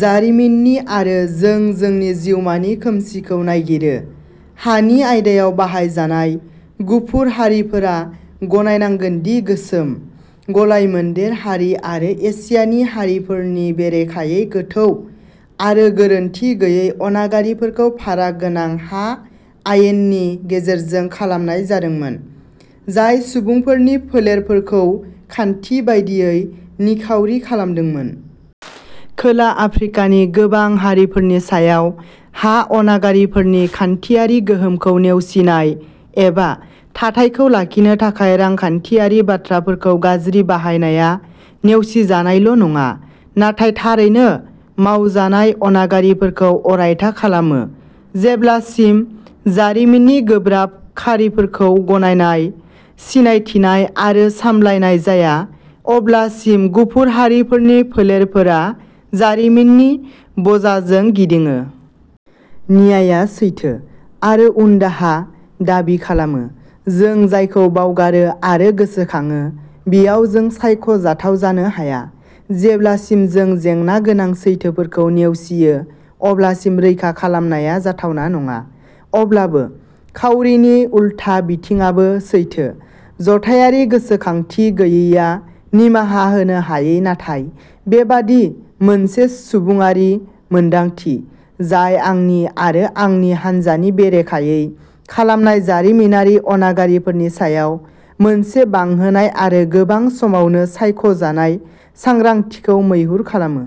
जारिमिननि आरो जों जोंनि जिउमानि खोमसिखौ नागिरो। हानि आयदायाव बाहायजानाय, गुफुर हारिफोरा गनायनांगोन दि गोसोम, गलाय-मोनदेर हारि आरो एसियानि हारिफोरनि बेरेखायै गोथौ आरो गोरोनथि गैयै अनागारिफोरखौ फाराग गोनां हा आयेननि गेजेरजों खालामनाय जादोंमोन, जाय सुबुंफोरनि फोलेरफोरखौ खान्थि बायदियै निखावरि खालामदोंमोन। खोला आफ्रिकानि गोबां हारिफोरनि सायाव हा अनागारिफोरनि खान्थियारि गोहोमखौ नेवसिनाय एबा थाथायखौ लाखिनो थाखाय रांखान्थियारि बाथ्राफोरखौ गाज्रि बाहायनाया नेवसिजानायल' नङा, नाथाय थारैनो मावजानाय अनागारिफोरखौ अरायथा खालामो। जेब्लासिम जारिमिननि गोब्राब खारिफोरखौ गनायनाय, सिनायथिनाय आरो सामलायनाय जाया, अब्लासिम गुफुर हारिफोरनि फोलेरफोरा जारिमिननि बजाजों गिदिङो। नियाइआ सैथो आरो उनदाहा दाबि खालामो। जों जायखौ बावगारो आरो गोसोखाङो बेयाव जों सायख' जाथाव जानो हाया। जेब्लासिम जों जेंनागोनां सैथोफोरखौ नेवसियो अब्लासिम रैखा खालामनाया जाथावना नङा। अब्लाबो, खावरिनि उलथा बिथिंआबो सैथो। जथायारि गोसोखांथि गैयैआ निमाहा होनो हायै नाथाय बेबादि मोनसे सुबुङारि मोनदांथि, जाय आंनि आरो आंनि हान्जानि बेरेखायै खालामनाय जारिमिनारि अनागारिफोरनि सायाव मोनसे बांहोनाय आरो गोबां समावनो सायख' जानाय सांग्रांथिखौ मैहुर खालामो।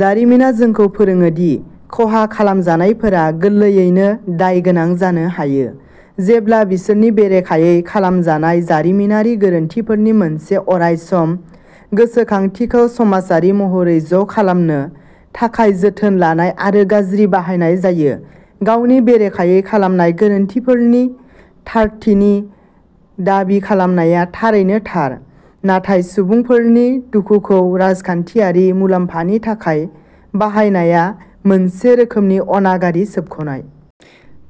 जारिमिना जोंखौ फोरोङो दि खहा खालामजानायफोरा गोरलैयैनो दायगोनां जानो हायो, जेब्ला बिसोरनि बेरेखायै खालामजानाय जारिमिनारि गोरोन्थिफोरनि मोनसे अरायसम गोसोखांथिखौ समाजारि महरै ज' खालामनो थाखाय जोथोन लानाय आरो गाज्रि बाहायनाय जायो। गावनि बेरेखायै खालामनाय गोरोन्थिफोरनि थारथिनि दाबि खालामनाया थारैनो थार, नाथाय सुबुंफोरनि दुखुखौ राजखान्थियारि मुलाम्फानि थाखाय बाहायनाया मोनसे रोखोमनि अनागारि सोबख'नाय।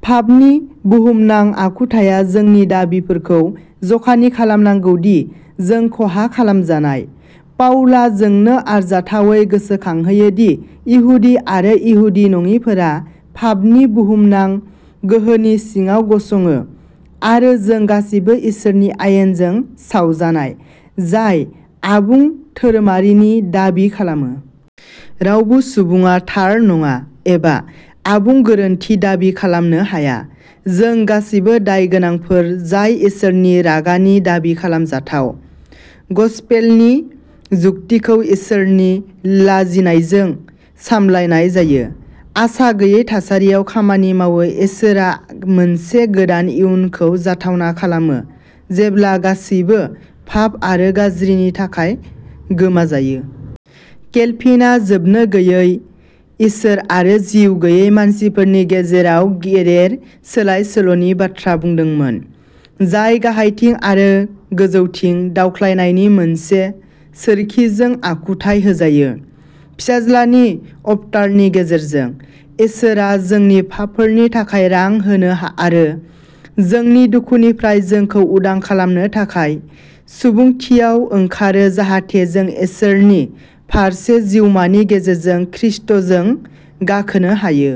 फाफनि बुहुमनां आखुथाया जोंनि दाबिफोरखौ जखानि खालामनांगौ दि जों खहा खालामजानाय। पाउला जोंनो आरजाथावै गोसोखांहोयो दि इहुदि आरो इहुदि नङिफोरा फाफनि बुहुमनां गोहोनि सिङाव गसङो आरो जों गासैबो इसोरनि आयेनजों सावजानाय, जाय आबुं धोरोमारिनि दाबि खालामो। रावबो सुबुङा थार नङा एबा आबुं गोरोनथि दाबि खालामनो हाया। जों गासैबो दायगोनांफोर जाय इसोरनि रागानि दाबि खालामजाथाव। गसपेलनि जुक्तिखौ इसोरनि लाजिनायजों सामलायनाय जायो। आसागैयै थासारियाव खामानि मावो इसोरआ मोनसे गोदान इयुनखौ जाथावना खालामो जेब्ला गासैबो फाफ आरो गाज्रिनि थाखाय गोमाजायो। केलभिन आ जोबनोगैयै इसोर आरो जिउ गैयै मानसिफोरनि गेजेराव गेदेर सोलाय-सोल'नि बाथ्रा बुंदोंमोन, जाय गाहायथिं आरो गोजौथिं दावख्लायनायनि मोनसे सोरखिजों आखुथाइ होजायो। फिसाज्लानि अबतारनि गेजेरजों, इसोरआ जोंनि फाफफोरनि थाखाय रां होनो आरो जोंनि दुखुनिफ्राय जोंखौ उदां खालामनो थाखाय सुबुंथियाव ओंखारो जाहाथे जों इसोरनि फारसे जिउमानि गेजेरजों ख्रिस्ट’जों गाखोनो हायो।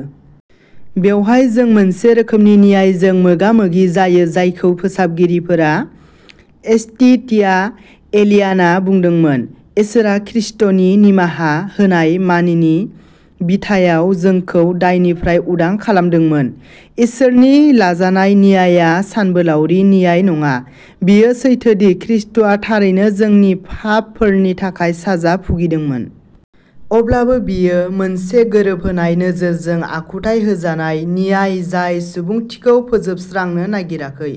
बेवहाय जों मोनसे रोखोमनि नियाइजों मोगा-मोगि जायो जायखौ फोसाबगिरिफोरा इस्टिटिया एलियाना बुंदोंमोन इसोरा ख्रिस्ट’नि निमाहा होनाय मानिनि बिथायाव जोंखौ दायनिफ्राय उदां खालामदोंमोन। इसोरनि लाजानाय नियाइआ सानबोलावरि नियाइ नङा बेयो सैथो दि ख्रिस्ट’आ थारैनो जोंनि फाफ फोरनि थाखाय साजा भुगिदोंमोन। अब्लाबो बेयो मोनसे गोरोबहोनाय नोजोरजों आखुथाइ होजानाय नियाइ जाय सुबुंथिखौ फोजोबस्रांनो नागिराखै।